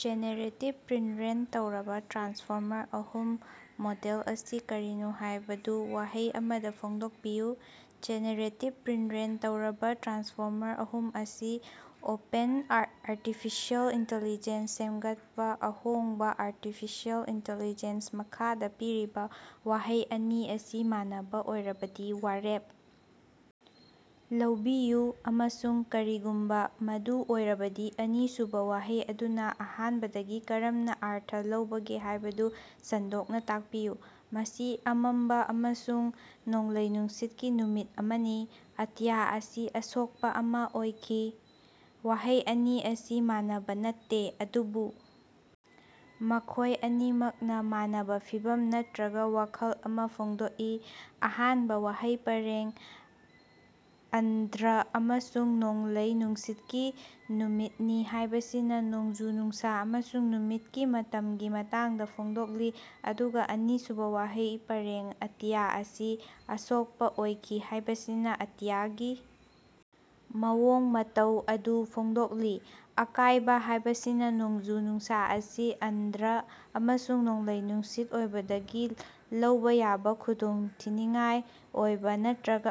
Generative pretrain ꯇꯧꯔꯕ transformer ꯑꯍꯨꯝ model ꯑꯁꯤ ꯀꯔꯤꯅꯣ ꯍꯥꯏꯕꯗꯨ ꯋꯥꯍꯩ ꯑꯃꯗ ꯐꯣꯡꯗꯣꯛꯄꯤꯌꯨ꯫ ꯖꯦꯅꯦꯔꯦꯇꯤꯕ ꯄ꯭ꯔꯤꯠꯔꯦꯏꯟ ꯇꯧꯔꯕꯥ ꯇ꯭ꯔꯥꯟꯁꯐꯣꯔꯃꯔ ꯑꯍꯨꯝ ꯑꯁꯤ ꯑꯣꯄꯦꯟ ꯑꯥꯔꯇꯤꯐꯤꯁꯤꯑꯦꯜ ꯏꯟꯇꯤꯂꯤꯖ‌ꯦꯟꯁ ꯁꯦꯝꯒꯠꯄ ꯑꯍꯣꯡꯕ ꯑꯥꯔꯇꯤꯐꯤꯁꯤꯑꯦꯜ ꯏꯟꯇꯤꯂꯤꯖ‌ꯦꯟꯁ ꯃꯈꯥꯗ ꯄꯤꯔꯤꯕ ꯋꯥꯍꯩ ꯑꯅꯤ ꯑꯁꯤ ꯃꯥꯟꯅꯕ ꯑꯣꯏꯔꯕꯗꯤ ꯋꯥꯔꯦꯞ ꯂꯧꯕꯤꯌꯨ, ꯑꯃꯁꯨꯡ ꯀꯔꯤꯒꯨꯝꯕ ꯃꯗꯨ ꯑꯣꯏꯔꯕꯗꯤ ꯑꯅꯤꯁꯨꯕ ꯋꯥꯍꯩ ꯑꯗꯨꯅ ꯑꯍꯥꯟꯕꯗꯒꯤ ꯀꯔꯝꯅ ꯑꯔꯊ ꯂꯧꯕꯒꯦ ꯍꯥꯏꯕꯗꯨ ꯁꯟꯗꯣꯛꯅ ꯇꯥꯛꯄꯤꯌꯨ꯫ ꯃꯁꯤ ꯑꯃꯝꯕ ꯑꯃꯁꯨꯡ ꯅꯣꯡꯂꯩ ꯅꯨꯡꯁꯤꯠꯀꯤ ꯅꯨꯃꯤꯠ ꯑꯃꯅꯤ꯫ ꯑꯇꯤꯌꯥ ꯑꯁꯤ ꯑꯁꯣꯛꯄ ꯑꯃꯥ ꯑꯣꯏꯈꯤ꯫ ꯋꯥꯍꯩ ꯑꯅꯤ ꯑꯁꯤ ꯃꯥꯟꯅꯕ ꯅꯠꯇꯦ ꯑꯗꯨꯕꯨ ꯃꯈꯣꯏ ꯑꯅꯤꯃꯛꯅ ꯃꯥꯟꯅꯕ ꯐꯤꯚꯝ ꯅꯠꯇꯔꯒ ꯋꯥꯈꯜ ꯑꯃ ꯐꯣꯡꯗꯣꯛꯏ꯫ ꯑꯍꯥꯟꯕ ꯋꯥꯍꯩ ꯄꯔꯦꯡ ꯑꯟꯙ꯭ꯔ ꯑꯃꯁꯨꯡ ꯅꯣꯡꯂꯩ ꯅꯨꯡꯁꯤꯠꯀꯤ ꯅꯨꯃꯤꯠꯅꯤ ꯍꯥꯏꯕꯁꯤꯅ ꯅꯣꯡꯖꯨ-ꯅꯨꯡꯁꯥ ꯑꯃꯁꯨꯡ ꯅꯨꯃꯤꯠꯀꯤ ꯃꯇꯝꯒꯤ ꯃꯇꯥꯡꯗ ꯐꯣꯡꯗꯣꯛꯂꯤ ꯑꯗꯨꯒ ꯑꯅꯤꯁꯨꯕ ꯋꯥꯍꯩ ꯄꯔꯦꯡ ꯑꯇꯤꯌꯥ ꯑꯁꯤ ꯑꯁꯣꯛꯄ ꯑꯣꯏꯈꯤ ꯍꯥꯏꯕꯁꯤꯅ ꯑꯇꯤꯌꯥꯒꯤ ꯃꯑꯣꯡ ꯃꯇꯧ ꯑꯗꯨ ꯐꯣꯡꯗꯣꯛꯂꯤ꯫ ꯑꯀꯥꯏꯕ ꯍꯥꯏꯕꯁꯤꯅ ꯅꯣꯡꯖꯨ-ꯅꯨꯡꯁꯥ ꯑꯁꯤ ꯑꯟꯙ꯭ꯔ ꯑꯃꯁꯨꯡ ꯅꯣꯡꯂꯩ-ꯅꯨꯡꯁꯤꯠ ꯑꯣꯏꯕꯗꯒꯤ ꯂꯧꯕꯥ ꯌꯥꯕ ꯈꯨꯗꯣꯡꯊꯤꯅꯤꯡꯉꯥꯏ ꯑꯣꯏꯕ ꯅꯠꯇꯔꯒ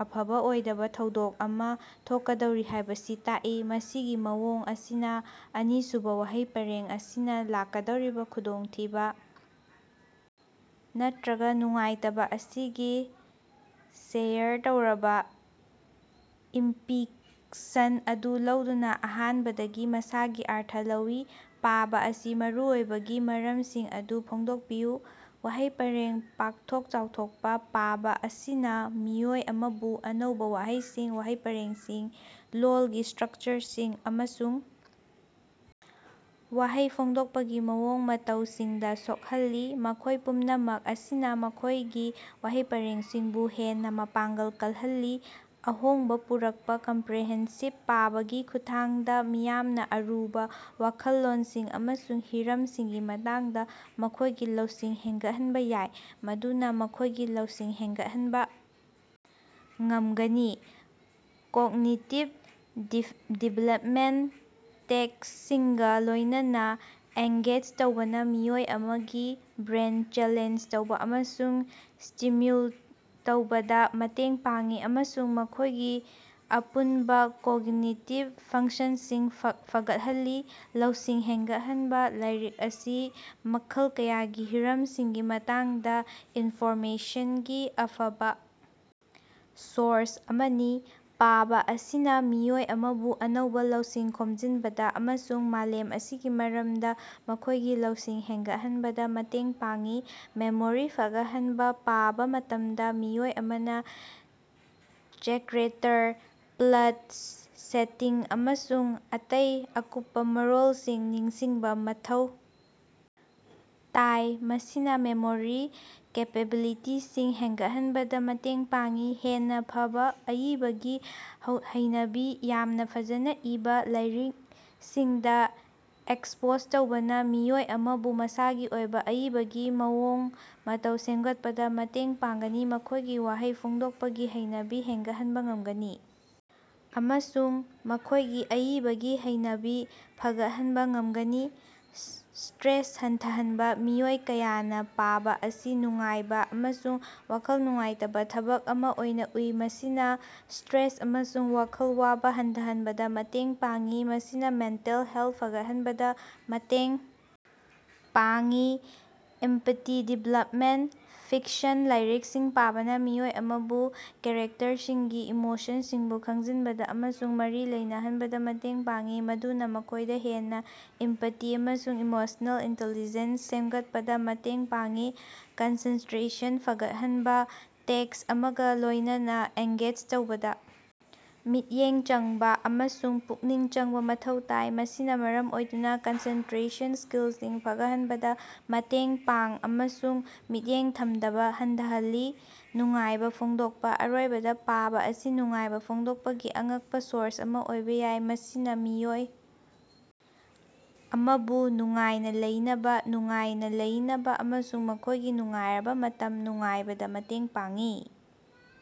ꯑꯐꯕ ꯑꯣꯏꯗꯕ ꯊꯧꯗꯣꯛ ꯑꯃꯥ ꯊꯣꯛꯀꯗꯧꯔꯤ ꯍꯥꯏꯕꯁꯤ ꯇꯥꯛꯏ꯫ ꯃꯁꯤꯒꯤ ꯃꯑꯣꯡ ꯑꯁꯤꯅ ꯑꯅꯤꯁꯨꯕ ꯋꯥꯍꯩ ꯄꯔꯦꯡ ꯑꯁꯤꯅ ꯂꯥꯛꯀꯗꯧꯔꯤꯕ ꯈꯨꯗꯣꯡꯊꯤꯕ ꯅꯠꯇꯔꯒ ꯅꯨꯡꯉꯥꯏꯇꯕ ꯑꯁꯤꯒꯤ ꯁꯦꯌꯔ ꯇꯧꯔꯕ ꯏꯝꯄꯤꯀꯁꯟ ꯑꯗꯨ ꯂꯧꯗꯨꯅ ꯑꯍꯥꯟꯕꯗꯒꯤ ꯃꯁꯥꯒꯤ ꯑꯔꯊ ꯂꯧꯏ꯫ ꯄꯥꯕ ꯑꯁꯤ ꯃꯔꯨꯑꯣꯏꯕꯒꯤ ꯃꯔꯝꯁꯤꯡ ꯑꯗꯨ ꯐꯣꯡꯗꯣꯛꯄꯤꯌꯨ꯫ ꯋꯥꯍꯩ ꯄꯔꯦꯡ ꯄꯥꯛꯊꯣꯛ ꯆꯥꯎꯊꯣꯛꯄꯥ: ꯄꯥꯕ ꯑꯁꯤꯅ ꯃꯤꯑꯣꯏ ꯑꯃꯕꯨ ꯑꯅꯧꯕ ꯋꯥꯍꯩꯁꯤꯡ, ꯋꯥꯍꯩ ꯄꯔꯦꯡꯁꯤꯡ, ꯂꯣꯜꯒꯤ ꯁ꯭ꯇꯔꯛꯆꯔꯁꯤꯡ, ꯑꯃꯁꯨꯡ ꯋꯥꯍꯩ ꯐꯣꯡꯗꯣꯛꯄꯒꯤ ꯃꯑꯣꯡ ꯃꯇꯧꯁꯤꯡꯗ ꯁꯣꯛꯍꯜꯂꯤ, ꯃꯈꯣꯏ ꯄꯨꯝꯅꯃꯛ ꯑꯁꯤꯅ ꯃꯈꯣꯏꯒꯤ ꯋꯥꯍꯩ ꯄꯔꯦꯡꯁꯤꯡꯕꯨ ꯍꯦꯟꯅ ꯃꯄꯥꯡꯒꯜ ꯀꯜꯍꯜꯂꯤ꯫ ꯑꯍꯣꯡꯕ ꯄꯨꯔꯛꯄ ꯀꯝꯄ꯭ꯔꯦꯍꯦꯟꯁꯤꯕ: ꯄꯥꯕꯒꯤ ꯈꯨꯠꯊꯥꯡꯗ ꯃꯤꯌꯥꯝꯅ ꯑꯔꯨꯕ ꯋꯥꯈꯜꯂꯣꯟꯁꯤꯡ ꯑꯃꯁꯨꯡ ꯍꯤꯔꯝꯁꯤꯡꯒꯤ ꯃꯇꯥꯡꯗ ꯃꯈꯣꯏꯒꯤ ꯂꯧꯁꯤꯡ ꯍꯦꯟꯒꯠꯍꯟꯕ ꯌꯥꯏ, ꯃꯗꯨꯅ ꯃꯈꯣꯏꯒꯤ ꯂꯧꯁꯤꯡ ꯍꯦꯟꯒꯠꯍꯟꯕ ꯉꯝꯒꯅꯤ꯫ ꯀꯣꯒꯅꯤꯇꯤꯚ ꯗꯤꯚꯦꯂꯞꯃꯦꯟꯇ: ꯇꯦꯛꯁꯁꯤꯡꯒ ꯂꯣꯏꯅꯅ ꯑꯦꯡꯒꯦꯖ ꯇꯧꯕꯅ ꯃꯤꯑꯣꯏ ꯑꯃꯒꯤ ꯕ꯭ꯔꯦꯟꯗ ꯆꯦꯂꯦꯟꯖ ꯇꯧꯕ ꯑꯃꯁꯨꯡ ꯁ꯭ꯇꯤꯝꯌꯨꯜ ꯇꯧꯕꯗꯥ ꯃꯇꯦꯡ ꯄꯥꯡꯏ ꯑꯃꯁꯨꯡ ꯃꯈꯣꯌꯒꯤ ꯑꯄꯨꯅꯕꯥ ꯀꯣꯒꯅꯤꯇꯤꯚ ꯐꯪꯁꯟꯁꯤꯡ ꯐꯒꯠꯍꯜꯂꯤ꯫ ꯂꯧꯁꯤꯡ ꯍꯦꯟꯒꯠꯍꯟꯕ: ꯂꯥꯏꯔꯤꯛ ꯑꯁꯤ ꯃꯈꯜ ꯀꯌꯥꯒꯤ ꯍꯤꯔꯝꯁꯤꯡꯒꯤ ꯃꯇꯥꯡꯗ ꯏꯟꯐꯣꯔꯃꯦꯁꯟꯒꯤ ꯑꯐꯕ ꯁꯣꯔꯁ ꯑꯃꯅꯤ꯫ ꯄꯥꯕ ꯑꯁꯤꯅ ꯃꯤꯑꯣꯏ ꯑꯃꯕꯨ ꯑꯅꯧꯕ ꯂꯧꯁꯤꯡ ꯈꯣꯝꯖꯤꯟꯕꯗ ꯑꯃꯁꯨꯡ ꯃꯥꯂꯦꯝ ꯑꯁꯤꯒꯤ ꯃꯔꯝꯗ ꯃꯈꯣꯏꯒꯤ ꯂꯧꯁꯤꯡ ꯍꯦꯟꯒꯠꯍꯟꯕꯗ ꯃꯇꯦꯡ ꯄꯥꯡꯏ꯫ ꯃꯦꯃꯣꯔꯤ ꯐꯒꯠꯍꯟꯕꯥ: ꯄꯥꯕꯥ ꯃꯇꯝꯗ ꯃꯤꯑꯣꯏ ꯑꯃꯅ ꯆꯦꯀꯔꯦꯇꯔ, ꯄ꯭ꯂꯠ, ꯁꯦꯇꯤꯡ ꯑꯃꯁꯨꯡ ꯑꯇꯩ ꯑꯀꯨꯞꯄꯥ ꯃꯔꯣꯜꯁꯤꯡ ꯅꯤꯡꯁꯤꯡꯕ ꯃꯊꯧ ꯇꯥꯏ, ꯃꯁꯤꯅ ꯃꯦꯃꯣꯔꯤ ꯀꯦꯄꯦꯕꯤꯂꯤꯇꯤꯁꯤꯡ ꯍꯦꯟꯒꯠꯍꯟꯕꯗ ꯃꯇꯦꯡ ꯄꯥꯡꯏ꯫ ꯍꯦꯟꯅ ꯐꯕ ꯑꯏꯕꯒꯤ ꯍꯩꯅꯕꯤ: ꯌꯥꯝꯅ ꯐꯖꯅ ꯏꯕꯥ ꯂꯥꯏꯔꯤꯡꯁꯤꯡꯗ ꯑꯦꯛꯁꯄꯣꯖ ꯇꯧꯕꯅ ꯃꯤꯑꯣꯏ ꯑꯃꯕꯨ ꯃꯁꯥꯒꯤ ꯑꯣꯏꯕ ꯑꯏꯕꯒꯤ ꯃꯑꯣꯡ ꯃꯇꯧ ꯁꯦꯝꯒꯠꯄꯗ ꯃꯇꯦꯡ ꯄꯥꯡꯒꯅꯤ, ꯃꯈꯣꯏꯒꯤ ꯋꯥꯍꯩ ꯐꯣꯡꯗꯣꯛꯄꯒꯤ ꯍꯩꯅꯕꯤ ꯍꯦꯟꯒꯠꯍꯟꯕ ꯉꯝꯒꯅꯤ ꯑꯃꯁꯨꯡ ꯃꯈꯣꯏꯒꯤ ꯑꯏꯕꯒꯤ ꯍꯩꯅꯕꯤ ꯐꯒꯠꯍꯟꯕꯥ ꯉꯝꯒꯅꯤ꯫ ꯁ꯭ꯇꯔꯦꯁ ꯍꯟꯊꯍꯟꯕ: ꯃꯤꯑꯣꯏ ꯀꯌꯥꯅ ꯄꯥꯕ ꯑꯁꯤ ꯅꯨꯡꯉꯥꯏꯕ ꯑꯃꯁꯨꯡ ꯋꯥꯈꯜ ꯅꯨꯡꯉꯥꯏꯇꯕ ꯊꯕꯛ ꯑꯃ ꯑꯣꯏꯅ ꯎꯏ, ꯃꯁꯤꯅ ꯁ꯭ꯇꯔꯦꯁ ꯑꯃꯁꯨꯡ ꯋꯥꯈꯜ ꯋꯥꯕ ꯍꯟꯊꯍꯟꯕꯗ ꯃꯇꯦꯡ ꯄꯥꯡꯏ, ꯃꯁꯤꯅ ꯃꯦꯟꯇꯦꯜ ꯍꯦꯜꯊ ꯐꯒꯠꯍꯟꯕꯗ ꯃꯇꯦꯡ ꯄꯥꯡꯏ꯫ ꯏꯝꯄꯥꯇꯤ ꯗꯤꯚꯦꯂꯞꯃꯦꯟꯇ: ꯐꯤꯛꯁꯟ ꯂꯥꯏꯔꯤꯛꯁꯤꯡ ꯄꯥꯕꯅ ꯃꯤꯑꯣꯏ ꯑꯃꯕꯨ ꯀꯦꯔꯦꯛꯇꯔꯁꯤꯡꯒꯤ ꯏꯃꯣꯁꯟꯁꯤꯡꯕꯨ ꯈꯪꯖꯤꯟꯕꯗ ꯑꯃꯁꯨꯡ ꯃꯔꯤ ꯂꯩꯅꯍꯟꯕꯗ ꯃꯇꯦꯡ ꯄꯥꯡꯏ, ꯃꯗꯨꯅ ꯃꯈꯣꯏꯗ ꯍꯦꯟꯅ ꯏꯝꯄꯥꯇꯤ ꯑꯃꯁꯨꯡ ꯏꯃꯣꯁꯅꯦꯜ ꯏꯟꯇꯦꯂꯤꯖꯦꯟꯁ ꯁꯦꯝꯒꯠꯄꯗ ꯃꯇꯦꯡ ꯄꯥꯡꯏ꯫ ꯀꯟꯁꯦꯟꯇꯔꯦꯁꯟ ꯐꯒꯠꯍꯟꯕ: ꯇꯦꯛꯁ ꯑꯃꯒ ꯂꯣꯏꯅꯅ ꯑꯦꯡꯒꯦꯖ ꯇꯧꯕꯗ ꯃꯤꯠꯌꯦꯡ ꯆꯪꯕ ꯑꯃꯁꯨꯡ ꯄꯨꯛꯅꯤꯡ ꯆꯪꯕ ꯃꯊꯧ ꯇꯥꯏ, ꯃꯁꯤꯅ ꯃꯔꯝ ꯑꯣꯏꯗꯨꯅ ꯀꯟꯁꯦꯟꯇ꯭ꯔꯦꯁꯟ ꯁ꯭ꯀꯤꯜꯁꯤꯡ ꯐꯒꯠꯍꯟꯕꯗ ꯃꯇꯦꯡ ꯄꯥꯡ ꯑꯃꯁꯨꯡ ꯃꯤꯠꯌꯦꯡ ꯊꯝꯗꯕ ꯍꯟꯊꯍꯜꯂꯤ꯫ ꯅꯨꯡꯉꯥꯏꯕꯥ ꯐꯣꯡꯗꯣꯛꯄ: ꯑꯔꯣꯏꯕꯗ, ꯄꯥꯕ ꯑꯁꯤ ꯅꯨꯡꯉꯥꯏꯕ ꯐꯣꯡꯗꯣꯛꯄꯒꯤ ꯑꯉꯛꯄ ꯁꯣꯔꯁ ꯑꯃ ꯑꯣꯏꯕ ꯌꯥꯏ, ꯃꯁꯤꯅ ꯃꯤꯑꯣꯏ ꯑꯃꯕꯨ ꯅꯨꯡꯉꯥꯏꯅ ꯂꯩꯅꯕ, ꯅꯨꯡꯉꯥꯏꯅ ꯂꯩꯅꯕ ꯑꯃꯁꯨꯡ ꯃꯈꯣꯏꯒꯤ ꯅꯨꯡꯉꯥꯏꯔꯕ ꯃꯇꯝ ꯅꯨꯡꯉꯥꯏꯕꯗ ꯃꯇꯦꯡ ꯄꯥꯡꯏ꯫